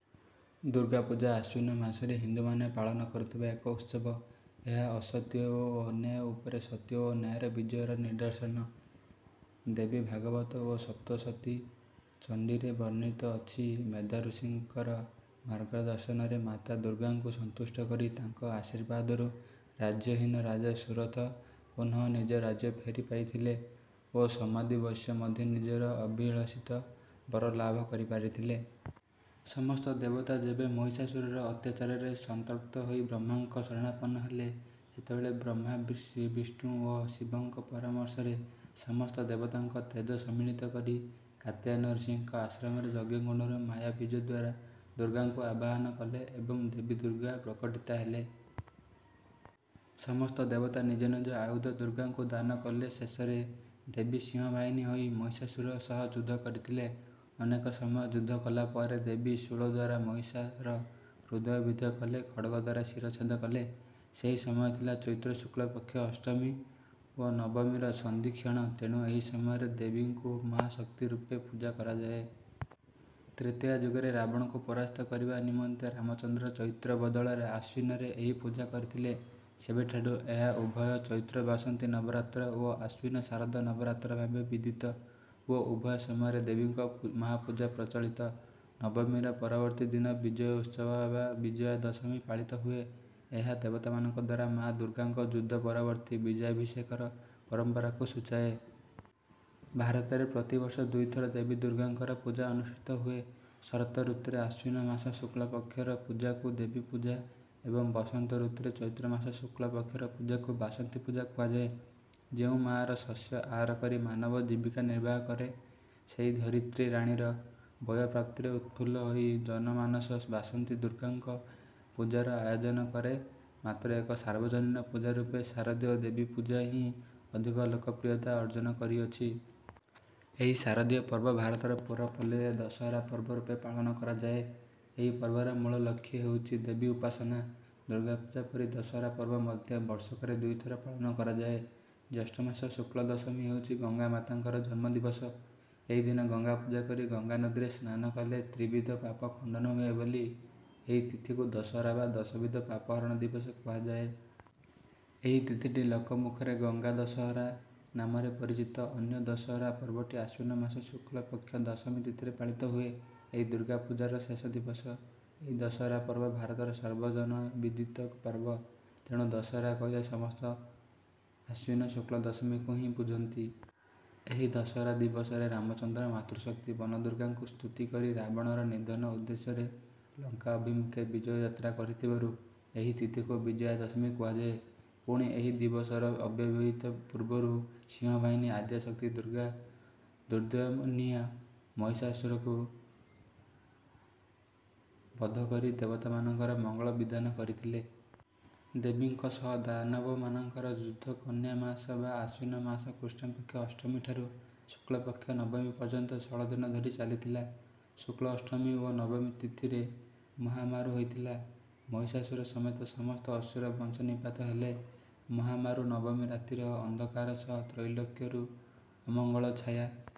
ଦୁର୍ଗା ପୂଜା ଆଶ୍ୱିନ ମାସରେ ହିନ୍ଦୁମାନେ ପାଳନ କରୁଥିବା ଏକ ଉତ୍ସବ। ଏହା ଅସତ୍ୟ ଓ ଅନ୍ୟାୟ ଉପରେ ସତ୍ୟ ଓ ନ୍ୟାୟର ବିଜୟର ନିଦର୍ଶନ। ଦେବୀ ଭାଗବତ ଓ ସପ୍ତଶତୀ ଚଣ୍ଡୀରେ ବର୍ଣ୍ଣିତ ଅଛି ମେଧାଋଷିଙ୍କର ମାର୍ଗ ଦର୍ଶନରେ ମାତା ଦୁର୍ଗାଙ୍କୁ ସନ୍ତୁଷ୍ଟ କରି ତାଙ୍କ ଆଶୀର୍ବାଦରୁ ରାଜ୍ୟହୀନ ରାଜା ସୁରଥ ପୁନଃ ନିଜ ରାଜ୍ୟ ଫେରି ପାଇଥିଲେ ଓ ସମାଧି ବୈଶ୍ୟ ମଧ୍ୟ ନିଜର ଅଭିଳଷିତ ବର ଲାଭ କରି ପାରିଥିଲେ। ସମସ୍ତ ଦେବତା ଯେବେ ମହିଷାସୁରର ଅତ୍ୟାଚାରରେ ସନ୍ତ୍ରପ୍ତ ହୋଇ ବ୍ରହ୍ମାଙ୍କ ଶରଣାପନ୍ନହେଲେ ସେତେବେଳେ ବ୍ରହ୍ମା ବିସ ଶ୍ରୀବିଷ୍ଣୁ ଓ ଶିବଙ୍କ ପରାମର୍ଶରେ ସମସ୍ତ ଦେବତାଙ୍କ ତେଜ ସମ୍ମିଳିତ କରି କାତ୍ୟାୟନ ଋଷିଙ୍କ ଆଶ୍ରମରେ ଯଜ୍ଞକୁଣ୍ଡରୁ ମାୟା ବୀଜଦ୍ୱାରା ଦୁର୍ଗାଙ୍କୁ ଆବାହନ କଲେ ଏବଂ ଦେବୀ ଦୁର୍ଗା ପ୍ରକଟୀତା ହେଲେ। ସମସ୍ତ ଦେବତା ନିଜ ନିଜ ଆୟୁଧ ଦୁର୍ଗାଙ୍କୁ ଦାନ କଲେଶେଷରେ ଦେବୀ ସିଂହ ବାହିନୀ ହୋଇ ମହିଷାସୁର ସହ ଯୁଦ୍ଧ କରିଥିଲେ। ଅନେକ ସମୟ ଯୁଦ୍ଧ କଲାପରେ ଦେବୀ ଶୂଳଦ୍ୱାରା ମହିଷାର ହୃଦୟ ବିଦ୍ଧ କଲେ ଖଡ୍ଗଦ୍ୱାରା ଶିରଚ୍ଛେଦ କଲେ। ସେହି ସମୟ ଥିଲା ଚୈତ୍ର ଶୁକ୍ଳ ପକ୍ଷ ଅଷ୍ଟମୀ ଓ ନବମୀର ସନ୍ଧିକ୍ଷଣ ତେଣୁ ଏହିସମୟରେ ଦେବୀଙ୍କୁ ମହାଶକ୍ତି ରୂପେ ପୂଜା କରାଯାଏ। ତ୍ରେତୟା ଯୁଗରେ ରାବଣକୁ ପରାସ୍ତ କରିବା ନିମନ୍ତେ ରାମଚନ୍ଦ୍ର ଚୈତ୍ର ବଦଳରେ ଆଶ୍ୱିନରେ ଏହି ପୂଜା କରିଥିଲେ ସେବେଠାରୁ ଏହା ଉଭୟ ଚୈତ୍ର ବାସନ୍ତୀ ନବରାତ୍ର ଓ ଆଶ୍ୱିନ ଶାରଦ ନବରାତ୍ର ଭାବେ ବିଦିତ ଓ ଉଭୟ ସମୟରେ ଦେବୀଙ୍କ ମହାପୂଜା ପ୍ରଚଳିତ। ନବମୀର ପରବର୍ତ୍ତୀ ଦିନ ବିଜୟଉତ୍ସବ ବା ବିଜୟାଦଶମୀ ପାଳିତ ହୁଏଏହା ଦେବତାମାନଙ୍କଦ୍ୱାରା ମା ଦୁର୍ଗାଙ୍କ ଯୁଦ୍ଧ ପରବର୍ତ୍ତୀ ବିଜୟାଭିଷେକର ପରମ୍ପରାକୁ ସୂଚାଏ। ଭାରତରେ ପ୍ରତିବର୍ଷ ଦୁଇଥର ଦେବୀ ଦୁର୍ଗାଙ୍କର ପୂଜା ଅନୁଷ୍ଠିତ ହୁଏ। ଶରତ ଋତୁରେ ଆଶ୍ୱିନ ମାସ ଶୁକ୍ଳ ପକ୍ଷର ପୂଜାକୁ ଦେବୀ ପୂଜା ଏବଂ ବସନ୍ତ ଋତୁରେ ଚୈତ୍ରମାସ ଶୁକ୍ଳ ପକ୍ଷର ପୂଜାକୁ ବାସନ୍ତୀ ପୂଜା କୁହାଯାଏ। ଯେଉଁ ମାର ଶସ୍ୟ ଆହାର କରି ମାନବ ଜୀବିକା ନିର୍ବାହ କରେ ସେହି ଧରିତ୍ରୀ ରାଣୀର ବୟଃପ୍ରାପ୍ତିରେ ଉତ୍ଫୁଲ୍ଲ ହୋଇ ଜନମାନସ ବାସନ୍ତୀ ଦୁର୍ଗାଙ୍କ ପୂଜାର ଆୟୋଜନ କରେ ମାତ୍ର ଏକ ସାର୍ବଜନୀନ ପୂଜା ରୂପେ ଶାରଦୀୟ ଦେବୀପୂଜା ହିଁ ଅଧିକ ଲୋକପ୍ରିୟତା ଅର୍ଜନ କରିଅଛି। ଏହି ଶାରଦୀୟ ପର୍ବ ଭାରତର ପୁରପଲ୍ଲୀରେ ଦଶହରା ପର୍ବରୂପେ ପାଳନ କରାଯାଏ। ଏହି ପର୍ବର ମୂଳ ଲକ୍ଷ୍ୟ ହେଉଛି ଦେବୀ ଉପାସନା। ଦୁର୍ଗାପୂଜା ପରି ଦଶହରା ପର୍ବ ମଧ୍ୟ ବର୍ଷକରେ ଦୁଇଥର ପାଳନ କରାଯାଏ। ଜ୍ୟେଷ୍ଠମାସ ଶୁକ୍ଳଦଶମୀ ହେଉଛି ଗଙ୍ଗାମାତାଙ୍କର ଜନ୍ମଦିବସ ଏହିଦିନ ଗଙ୍ଗାପୂଜା କରି ଗଙ୍ଗାନଦୀରେ ସ୍ନାନ କଲେ ତ୍ରିବିଧ ପାପ ଖଣ୍ଡନ ହୁଏ ବୋଲି ଏହି ତିଥିକୁ ଦଶହରା ବା ଦଶବିଧ ପାପହରଣ ଦିବସ କୁହାଯାଏ। ଏହି ତିଥିଟି ଲୋକମୁଖରେ ଗଙ୍ଗା ଦଶହରା ନାମରେ ପରିଚିତ ଅନ୍ୟ ଦଶହରା ପର୍ବଟି ଆଶ୍ୱିନ ମାସ ଶୁକ୍ଳପକ୍ଷ ଦଶମୀ ତିଥିରେ ପାଳିତ ହୁଏ ଏହି ଦୁର୍ଗାପୂଜାର ଶେଷ ଦିବସ। ଏହି ଦଶହରା ପର୍ବ ଭାରତରେ ସର୍ବଜନବିଦିତ ପର୍ବ। ତେଣୁ ଦଶହରା କହିଲେ ସମସ୍ତେ ଆଶ୍ୱିନ ଶୁକ୍ଳ ଦଶମୀକୁ ହିଁ ପୂଜନ୍ତି। ଏହି ଦଶହରା ଦିବସରେ ରାମଚନ୍ଦ୍ର ମାତୃଶକ୍ତି ବନଦୁର୍ଗାଙ୍କୁ ସ୍ତୁତି କରି ରାବଣର ନିଧନ ଉଦ୍ଦେଶ୍ୟରେ ଲଙ୍କା ଅଭିମୁଖେ ବିଜୟଯାତ୍ରା କରିଥିବାରୁ ଏହି ତିଥିକୁ ବିଜୟା ଦଶମୀ କୁହାଯାଏ। ପୁଣି ଏହି ଦିବସର ଅବ୍ୟବହିତ ପୂର୍ବରୁ ସିଂହବାହିନୀ ଆଦ୍ୟା ଶକ୍ତି ଦୁର୍ଗା ଦୁର୍ଦ୍ଦମନୀୟ ମହିଷାସୁରକୁ ବଧ କରି ଦେବତାମାନଙ୍କର ମଙ୍ଗଳ ବିଧାନ କରିଥିଲେ। ଦେବୀଙ୍କ ସହ ଦାନବମାନଙ୍କର ଯୁଦ୍ଧ କନ୍ୟାମାସ ବା ଆଶ୍ୱିନ ମାସ କୃଷ୍ଣପକ୍ଷ ଅଷ୍ଟମୀଠାରୁ ଶୁକ୍ଳପକ୍ଷ ନବମୀ ପର୍ଯ୍ୟନ୍ତ ଷୋଳଦିନ ଧରି ଚାଲିଥିଲା। ଶୁକ୍ଳ ଅଷ୍ଟମୀ ଓ ନବମୀ ତିଥିରେ ମହାମାରୁ ହୋଇଥିଲା। ମହିଷାସୁର ସମେତ ସମସ୍ତ ଅସୁର ବଂଶ ନିପାତ ହେଲେ। ମହାମାରୁ ନବମୀ ରାତିର ଅନ୍ଧକାର ସହ ତ୍ରୈଲୋକ୍ୟରୁ ଅମଙ୍ଗଳ ଛାୟା